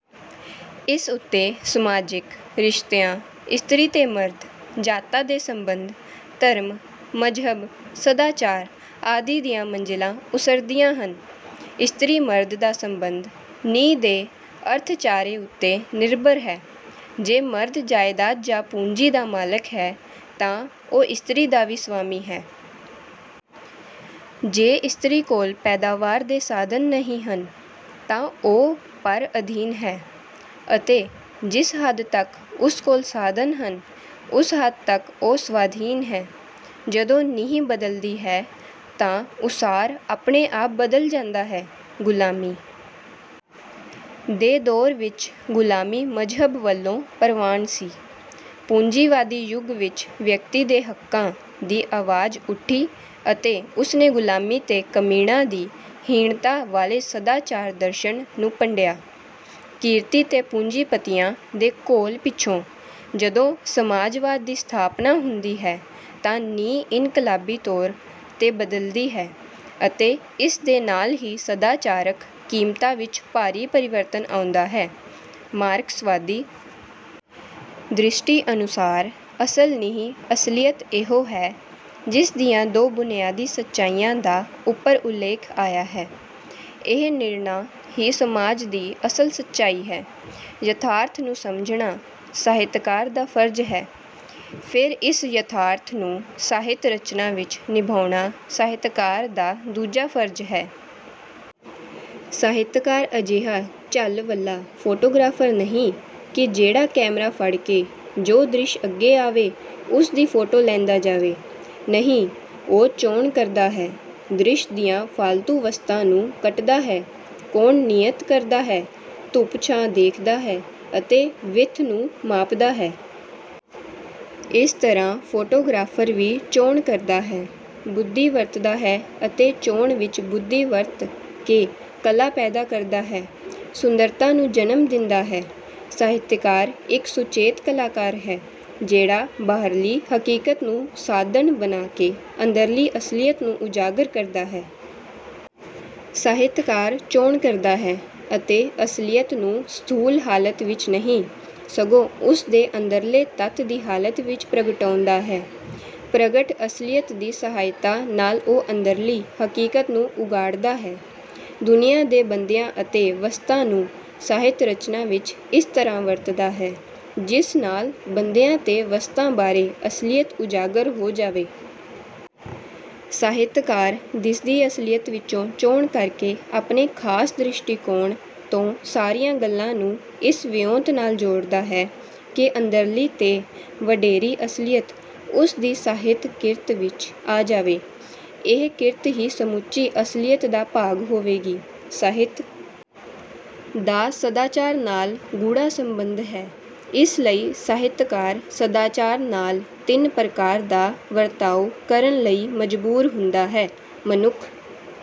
ਇਸ ਉੱਤੇ ਸਮਾਜਿਕ, ਰਿਸ਼ਤਿਆਂ, ਇਸਤਰੀ ਤੇ ਮਰਦ, ਜਾਤਾਂ ਦੇ ਸਬੰਧ, ਧਰਮ, ਮਜ਼ਹਬ, ਸਦਾਚਾਰ ਆਦਿ ਦੀਆਂ ਮੰਜ਼ਿਲਾਂ ਉਸਰਦੀਆਂ ਹਨ। ਇਸਤਰੀ-ਮਰਦ ਦਾ ਸਬੰਧ ਨੀਂਹ ਦੇ ਅਰਥਚਾਰੇ ਉੱਤੇ ਨਿਰਭਰ ਹੈ। ਜੇ ਮਰਦ ਜਾਇਦਾਦ ਜਾਂ ਪੂੰਜੀ ਦਾ ਮਾਲਕ ਹੈ ਤਾਂ ਉਹ ਇਸਤਰੀ ਦਾ ਵੀ ਸਵਾਮੀ ਹੈ। ਜੇ ਇਸਤਰੀ ਕੋਲ ਪੈਦਾਵਾਰ ਦੇ ਸਾਧਨ ਨਹੀਂ ਹਨ, ਤਾਂ ਉਹ ਪਰ-ਅਧੀਨ ਹੈ; ਅਤੇ ਜਿਸ ਹੱਦ ਤੱਕ ਉਸ ਕੋਲ ਸਾਧਨ ਹਨ, ਉਸ ਹੱਦ ਤੱਕ ਉਹ ਸਵਾਧੀਨ ਹੈ। ਜਦੋਂ ਨੀਂਹ ਬਦਲਦੀ ਹੈ ਤਾਂ ਉਸਾਰ ਆਪਣੇ ਆਪ ਬਦਲ ਜਾਂਦਾ ਹੈ। ਗੁਲਾਮੀ ਦੇ ਦੌਰ ਵਿੱਚ ਗੁਲਾਮੀ ਮਜ਼ਹਬ ਵੱਲੋਂ ਪ੍ਰਵਾਨ ਸੀ। ਪੂੰਜੀਵਾਦੀ ਯੁੱਗ ਵਿੱਚ ਵਿਅਕਤੀ ਦੇ ਹੱਕਾਂ ਦੀ ਆਵਾਜ਼ ਉੱਠੀ ਅਤੇ ਉਸ ਨੇ ਗੁਲਾਮੀ ਤੇ ਕਮੀਣਾਂ ਦੀ ਹੀਣਤਾ ਵਾਲੇ ਸਦਾਚਾਰ ਦਰਸ਼ਨ ਨੂੰ ਭੰਡਿਆ। ਕਿਰਤੀ ਤੇ ਪੂੰਜੀਪਤੀਆਂ ਦੇ ਘੋਲ ਪਿੱਛੋਂ ਜਦੋਂ ਸਮਾਜਵਾਦ ਦੀ ਸਥਾਪਨਾ ਹੁੰਦੀ ਹੈ, ਤਾਂ ਨੀਂਹ ਇਨਕਲਾਬੀ ਤੌਰ 'ਤੇ ਬਦਲਦੀ ਹੈ ਅਤੇ ਇਸ ਦੇ ਨਾਲ ਹੀ ਸਦਾਚਾਰਕ ਕੀਮਤਾਂ ਵਿੱਚ ਭਾਰੀ ਪਰਿਵਰਤਨ ਆਉਂਦਾ ਹੈ। ਮਾਰਕਸਵਾਦੀ ਦ੍ਰਿਸ਼ਟੀ ਅਨੁਸਾਰ ਅਸਲ ਨੀਂਹ-ਅਸਲੀਅਤ ਇਹੋ ਹੈ, ਜਿਸ ਦੀਆਂ ਦੋ ਬੁਨਿਆਦੀ ਸੱਚਾਈਆਂ ਦਾ ਉੱਪਰ ਉਲੇਖ ਆਇਆ ਹੈ। ਇਹ ਨਿਰਣਾ ਹੀ ਸਮਾਜ ਦੀ ਅਸਲ ਸੱਚਾਈ ਹੈ। ਯਥਾਰਥ ਨੂੰ ਸਮਝਣਾ ਸਾਹਿਤਕਾਰ ਦਾ ਫਰਜ਼ ਹੈ, ਫਿਰ ਇਸ ਯਥਾਰਥ ਨੂੰ ਸਾਹਿਤ-ਰਚਨਾ ਵਿੱਚ ਨਿਭਾਉਣਾ ਸਾਹਿਤਕਾਰ ਦਾ ਦੂਜਾ ਫਰਜ਼ ਹੈ। ਸਾਹਿਤਕਾਰ ਅਜਿਹਾ ਝੱਲ-ਵੱਲ੍ਹਾ ਫੋਟੋਗ੍ਰਾਫਰ ਨਹੀਂ ਕਿ ਜਿਹੜਾ ਕੈਮਰਾ ਫੜ ਕੇ ਜੋ ਦ੍ਰਿਸ਼ ਅੱਗੇ ਆਵੇ, ਉਸ ਦੀ ਫੋਟੋ ਲੈਂਦਾ ਜਾਵੇ। ਨਹੀਂ, ਉਹ ਚੋਣ ਕਰਦਾ ਹੈ, ਦ੍ਰਿਸ਼ ਦੀਆਂ ਫਾਲਤੂ ਵਸਤਾਂ ਨੂੰ ਕੱਟਦਾ ਹੈ, ਕੋਣ ਨੀਅਤ ਕਰਦਾ ਹੈ, ਧੁੱਪ-ਛਾਂ ਦੇਖਦਾ ਹੈ ਅਤੇ ਵਿੱਥ ਨੂੰ ਮਾਪਦਾ ਹੈ। ਇਸ ਤਰ੍ਹਾਂ ਫੋਟੋਗ੍ਰਾਫਰ ਵੀ ਚੋਣ ਕਰਦਾ ਹੈ, ਬੁੱਧੀ ਵਰਤਦਾ ਹੈ ਅਤੇ ਚੋਣ ਵਿੱਚ ਬੁੱਧੀ ਵਰਤ ਕੇ ਕਲਾ ਪੈਦਾ ਕਰਦਾ ਹੈ, ਸੁੰਦਰਤਾ ਨੂੰ ਜਨਮ ਦਿੰਦਾ ਹੈ। ਸਾਹਿਤਕਾਰ ਇੱਕ ਸੁਚੇਤ ਕਲਾਕਾਰ ਹੈ, ਜਿਹੜਾ ਬਾਹਰਲੀ ਹਕੀਕਤ ਨੂੰ ਸਾਧਨ ਬਣਾ ਕੇ ਅੰਦਰਲੀ ਅਸਲੀਅਤ ਨੂੰ ਉਜਾਗਰ ਕਰਦਾ ਹੈ। ਸਾਹਿਤਕਾਰ ਚੋਣ ਕਰਦਾ ਹੈ ਅਤੇ ਅਸਲੀਅਤ ਨੂੰ ਸਥੂਲ ਹਾਲਤ ਵਿੱਚ ਨਹੀਂ, ਸਗੋਂ ਉਸ ਦੇ ਅੰਦਰਲੇ ਤੱਤ ਦੀ ਹਾਲਤ ਵਿੱਚ ਪ੍ਰਗਟਾਉਂਦਾ ਹੈ। ਪ੍ਰਗਟ ਅਸਲੀਅਤ ਦੀ ਸਹਾਇਤਾ ਨਾਲ ਉਹ ਅੰਦਰਲੀ ਹਕੀਕਤ ਨੂੰ ਉਘਾੜਦਾ ਹੈ। ਦੁਨੀਆ ਦੇ ਬੰਦਿਆਂ ਅਤੇ ਵਸਤਾਂ ਨੂੰ ਸਾਹਿਤ-ਰਚਨਾ ਵਿੱਚ ਇਸ ਤਰ੍ਹਾਂ ਵਰਤਦਾ ਹੈ, ਜਿਸ ਨਾਲ ਬੰਦਿਆਂ ਤੇ ਵਸਤਾਂ ਬਾਰੇ ਅਸਲੀਅਤ ਉਜਾਗਰ ਹੋ ਜਾਵੇ। ਸਾਹਿਤਕਾਰ ਦਿਸਦੀ ਅਸਲੀਅਤ ਵਿੱਚੋਂ ਚੋਣ ਕਰਕੇ ਆਪਣੇ ਖਾਸ ਦ੍ਰਿਸ਼ਟੀਕੋਣ ਤੋਂ ਸਾਰੀਆਂ ਗੱਲਾਂ ਨੂੰ ਇਸ ਵਿਉਂਤ ਨਾਲ ਜੋੜਦਾ ਹੈ ਕਿ ਅੰਦਰਲੀ ਤੇ ਵਡੇਰੀ ਅਸਲੀਅਤ ਉਸ ਦੀ ਸਾਹਿਤ-ਕਿਰਤ ਵਿੱਚ ਆ ਜਾਵੇ। ਇਹ ਕਿਰਤ ਹੀ ਸਮੁੱਚੀ ਅਸਲੀਅਤ ਦਾ ਭਾਗ ਹੋਵੇਗੀ। ਸਾਹਿਤ ਦਾ ਸਦਾਚਾਰ ਨਾਲ ਗੂੜ੍ਹਾ ਸਬੰਧ ਹੈ। ਇਸ ਲਈ ਸਾਹਿਤਕਾਰ ਸਦਾਚਾਰ ਨਾਲ ਤਿੰਨ ਪ੍ਰਕਾਰ ਦਾ ਵਰਤਾਓ ਕਰਨ ਲਈ ਮਜ਼ਬੂਰ ਹੁੰਦਾ ਹੈ ਮਨੁੱਖ...